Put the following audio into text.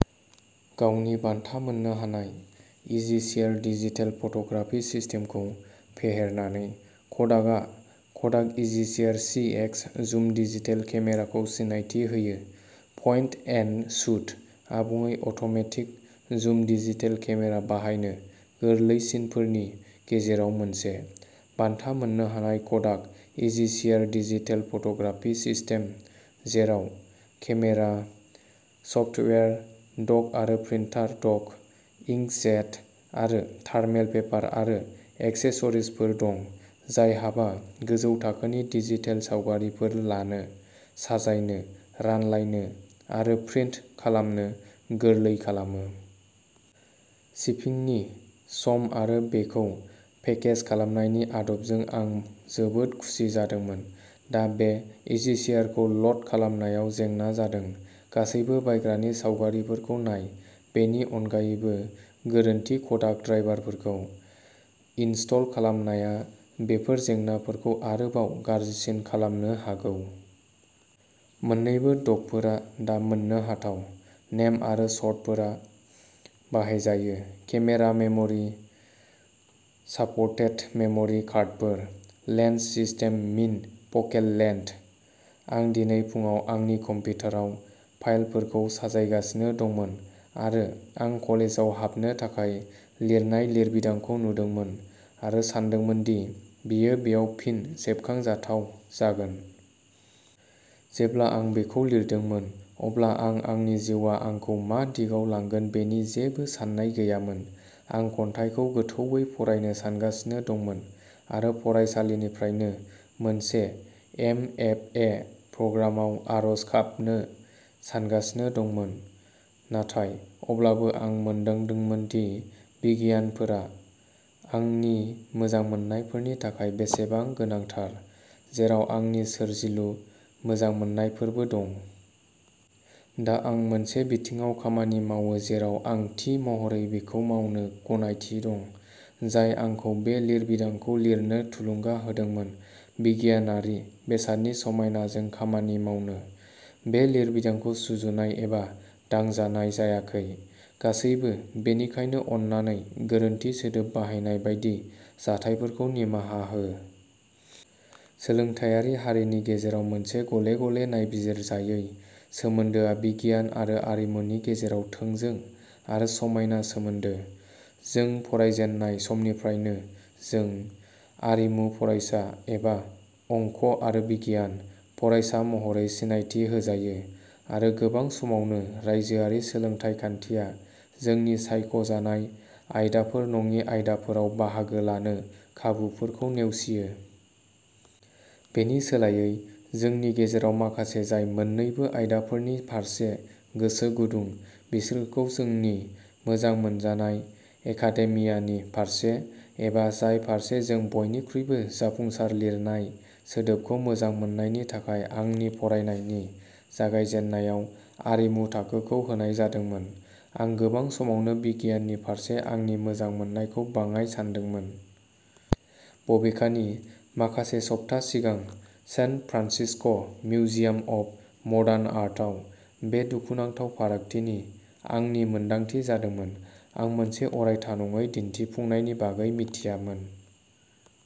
गावनि बान्था मोन्नो हानाय इजिशेयार डिजिटेल फट'ग्राफि सिस्टेमखौ फेहेरनानै, क'डाकआ क'डाक इजिशेयार सीएक्स जुम डिजिटेल केमेराखौ सिनायथि होयो पइन्ट एन्ड शुट, आबुङै अट'मेटिक जुम डिजिटेल केमेरा बाहायनो गोरलैसिनफोरनि गेजेराव मोनसे। बान्था मोन्नो हानाय Kodak EasyShare digital photography system जेराव केमेरा, सफ्टवेयार, डक आरो प्रिन्टार डक, इंकजेट आरो थार्मेल पेपार आरो एक्सेसरिजफोर दं जायहाबा गोजौ थाखोनि डिजिटेल सावगारिफोर लानो, साजायनो, रानलायनो आरो प्रिन्ट खालामनो गोरलै खालामो। शिपिंनि सम आरो बेखौ पेकेज खालामनायनि आदबजों आं जोबोद खुसि जादोंमोन। दा बे इजिशेयारखौ ल'ड खालामनायाव जेंना जादों। गासैबो बायग्रानि सावगारिफोरखौ नाय। बेनि अनगायैबो, गोरोन्थि क'डाक ड्राइभारफोरखौ इनस्टल खालामनाया बेफोर जेंनाफोरखौ आरोबाव गाज्रिसिन खालामनो हागौ। मोन्नैबो डकफोरा दा मोननोहाथाव। नेम आरो सर्तफोरा बाहायजायो। केमेरा मेम'रि साप'र्टेड मेम'रि कार्डफोर। Lens system min focal length. आं दिनै फुंआव आंनि कम्पिउटाराव फाइलफोरखौ साजायगासिनो दंमोन आरो आं कलेजाव हाबनो थाखाय लिरनाय लिरबिदांखौ नुदोंमोन, आरो सानदोंमोन दि बेयो बेयाव फिन सेबखांजाथाव जागोन। जेब्ला आं बेखौ लिरदोंमोन, अब्ला आं आंनि जिउआ आंखौ मा दिगाव लांगोन बेनि जेबो सान्नाय गैयामोन आं खन्थाइखौ गोथौवै फरायनो सानगासिनो दंमोन आरो फरायसालिनिफ्रायनो मोनसे एमएफए प्रग्रामाव आर'ज गाबनो सानगासिनो दंमोन। नाथाय अब्लाबो आं मोनदांदोंमोन दि बिगियानफोरा आंनि मोजांमोननायफोरनि थाखाय बेसेबां गोनांथार, जेराव आंनि सोरजिलु मोजांमोननायफोरबो दं। दा आं मोनसे बिथिङाव खामानि मावो जेराव आं थि महरै बेखौ मावनो गनायथि दं जाय आंखौ बे लिरबिदांखौ लिरनो थुलुंगा होदोंमोन बिगियानारि बेसादनि समायनाजों खामानि मावनो। बे लिरबिदांखौ सुजुनाय एबा" दांजानाय "जायाखै। गासैबो, बेनिखायनो अन्नानै गोरोन्थि सोदोब बाहायनाय बायदि जाथायफोरखौ निमाहा हो। सोलोंथायारि हारिनि गेजेराव मोनसे गले गले नायबिजिरजायै सोमोन्दोआ बिगियान आरो आरिमुनि गेजेराव थोंजों आरो समायना सोमोन्दो। जों फरायजेननाय समनिफ्रायनो, जों "आरिमु" फरायसा एबा "अंक आरो बिगियान" फरायसा महरै सिनायथि होजायो, आरो गोबां समावनो रायजोआरि सोलोंथाय खान्थिया जोंनि सायख' जानाय आयदाफोर नङि आयदाफोराव बाहागो लानो खाबुफोरखौ नेवसियो। बेनि सोलायै, जोंनि गेजेराव माखासे जाय मोन्नैबो आयदाफोरनि फारसे गोसो गुदुं, बिसोरखौ जोंनि "मोजां मोनजानाय" एकाडेमियानि फारसे, एबा जाय फारसे जों बयनिख्रुइबो जाफुंसार लिरनाय सोदोबखौ मोजां मोननायनि थाखाय आंनि फरायनायनि जागायजेन्नायाव "आरिमु" थाखोखौ होनाय जादोंमोन, आं गोबां समावनो बिगियाननि फारसे आंनि मोजां मोननायखौ बाङाइ सान्दोंमोन। बबेखानि, माखासे सप्ता सिगां San Francisco' Museum of Modern आर्टआव बे दुखुनांथाव फारागथिनि आंनि मोनदांथि जादोंमोन। आं मोनसे अरायथा नङै दिन्थिफुंनायनि बागै मिथियामोन।